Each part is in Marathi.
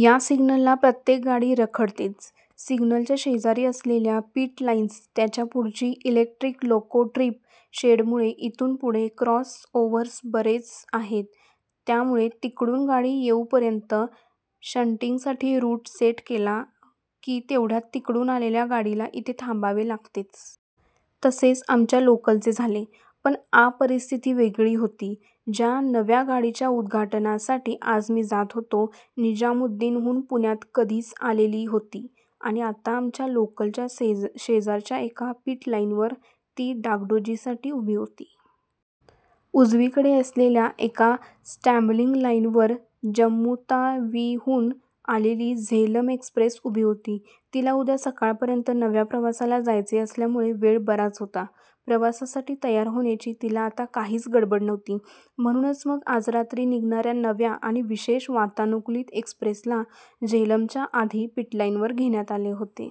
या सिग्नलला प्रत्येक गाडी रखडतेच. सिग्नलच्या शेजारी असलेल्या पिट लाईन्स, त्याच्या पुढची इलेक्ट्रिक लोको ट्रीप शेडमुळे इथून पुढे क्रॉस ओव्हर्स बरेच आहेत. त्यामुळे तिकडून गाडी येऊपर्यंत शंटिंगसाठी रूट सेट केला की, तेवढ्यात तिकडून आलेल्या गाडीला इथे थांबावे लागतेच. तसेच आमच्या लोकलचे झाले. पण आ परिस्थिती वेगळी होती. ज्या नव्या गाडीच्या उद्घाटनासाठी आज मी जात होतो, निजामुद्दीनहून पुण्यात कधीच आलेली होती आणि आता आमच्या लोकलच्या शेजारच्या एका पिट लाईनवर ती डागडुजीसाठी उभी होती. उजवीकडे असलेल्या एका स्टॅब्लिंग लाईनवर जम्मुतावीहून आलेली झेलम एक्सप्रेस उभी होती. तिला उद्या संध्याकाळपर्यंत नव्या प्रवासाला जायचे असल्यामुळे वेळ बराच होता. प्रवासासाठी तयार होण्याची तिला आता काहीच गडबड नव्हती. म्हणूनच मग आज रात्री निघणाऱ्या नव्या आणि विशेष वातानुकूलित एक्सप्रेसला झेलमच्या आधी पिटलाईनवर घेण्यात आले होते.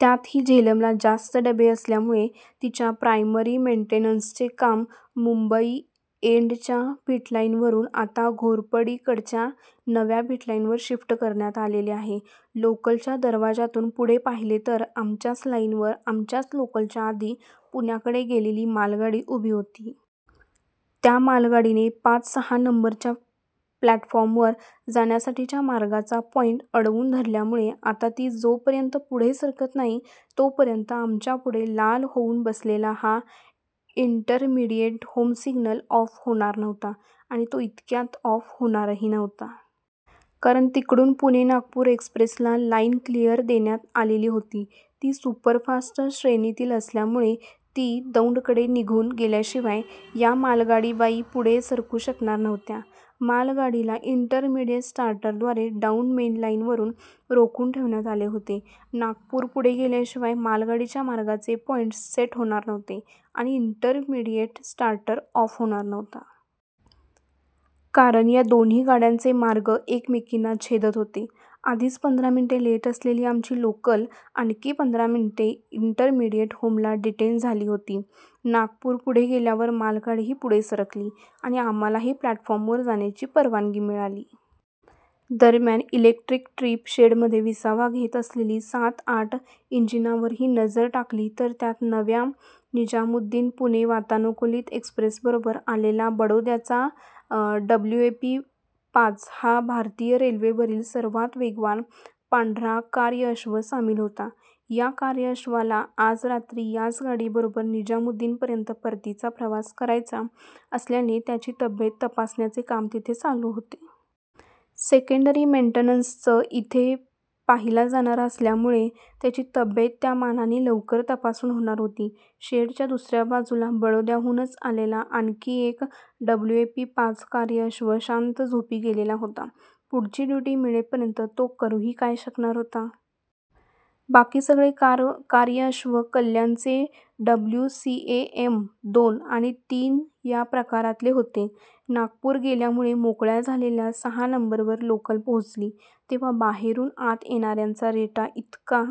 त्यातही झेलमला जास्त डबे असल्यामुळे तिच्या प्रायमरी मेंटेनंसचे काम मुंबई एंडच्या पिटलाईनवरून आता घोरपडीकडच्या नव्या पिटलाईनवर शिफ्ट करण्यात आलेले आहे. लोकलच्या दरवाज्यातून पुढे पाहिले तर, आमच्याच लाईनवर आमच्या लोकलच्या आधी पुण्याकडे गेलेली मालगाडी उभी होती. त्या मालगाडीने पाच-सहा नंबरच्या प्लॅटफॉर्मवर जाण्यासाठीच्या मार्गाचा पॉईंट अडवून धरल्यामुळे आता ती जोपर्यंत पुढे सरकत नाही, तोपर्यंत आमच्या पुढे लाल होऊन बसलेला हा इंटरमीडिएट होम सिग्नल ऑफ होणार नव्हता. आणि तो इतक्यात ऑफ होणारही नव्हता. कारण तिकडून पुणे-नागपूर एक्सप्रेसला लाईन क्लिअर देण्यात आलेली होती. ती सुपरफास्ट श्रेणीतील असल्यामुळे ती दौंडकडे निघून गेल्याशिवाय या मालगाडीबाई पुढे सरकू शकणार नव्हत्या. मालगाडीला इंटरमीडिएट स्टार्टरद्वारे डाऊन मेनलाईनवर रोखून ठेवण्यात आले होते. नागपूर पुढे गेल्याशिवाय मालगाडीच्या मार्गाचे पॉईंटस् सेट होणार नव्हते आणि इंटरमीडिएट स्टार्टर ऑफ होणार नव्हता. कारण या दोन्ही गाड्यांचे मार्ग एकमेकींना छेदत होते. आधीच पंधरा मिनिटे लेट असलेली आमची लोकल आणखी पंधरा मिनिटे इंटरमीडिएट होमला डिटेन झाली होती. नागपूर पुढे गेल्यावर मालगाडीही पुढे सरकली आणि आम्हालाही प्लॅटफॉर्मवर जाण्याची परवानगी मिळाली. दरम्यान, इलेक्ट्रिक ट्रीप शेडमध्ये विसावा घेत असलेली सात-आठ इंजिनांवरही नजर टाकली, तर त्यात नव्या निजामुद्दीन-पुणे वातानुकूलित एक्सप्रेसबरोबर आलेला बडोद्याचा डब्ल्यूएपी-पाच हा भारतीय रेल्वेवरील सर्वांत वेगवान पांढरा कार्यअश्व सामील होता. या कार्यअश्वाला आज रात्री याच गाडीबरोबर निजामुद्दीनपर्यंत परतीचा प्रवास करायचा असल्याने त्याची तब्येत तपासण्याचे काम तिथे चालू होते. सेकंडरी मेन्टेनंसच इथे पाहिला जाणार असल्यामुळे त्याची तब्येत त्या मानाने लवकर तपासून होणार होती. शेडच्या दुसऱ्या बाजूला बडोद्याहूनच आलेला आणखी एक डब्ल्यूएपी-पाच कार्यअश्व शांत झोपी गेलेला होता. पुढची ड्युटी मिळेपर्यंत तो करूही काय शकणार होता? बाकी सगळे कार्यअश्व कल्याणचे डब्ल्यूसीएएम-दोन आणि तीन या प्रकारातले होते. नागपूर गेल्यामुळे मोकळ्या झालेल्या सहा नंबरवर लोकल पोहचली तेव्हा बाहेरून आत येणाऱ्यांचा रेटा इतका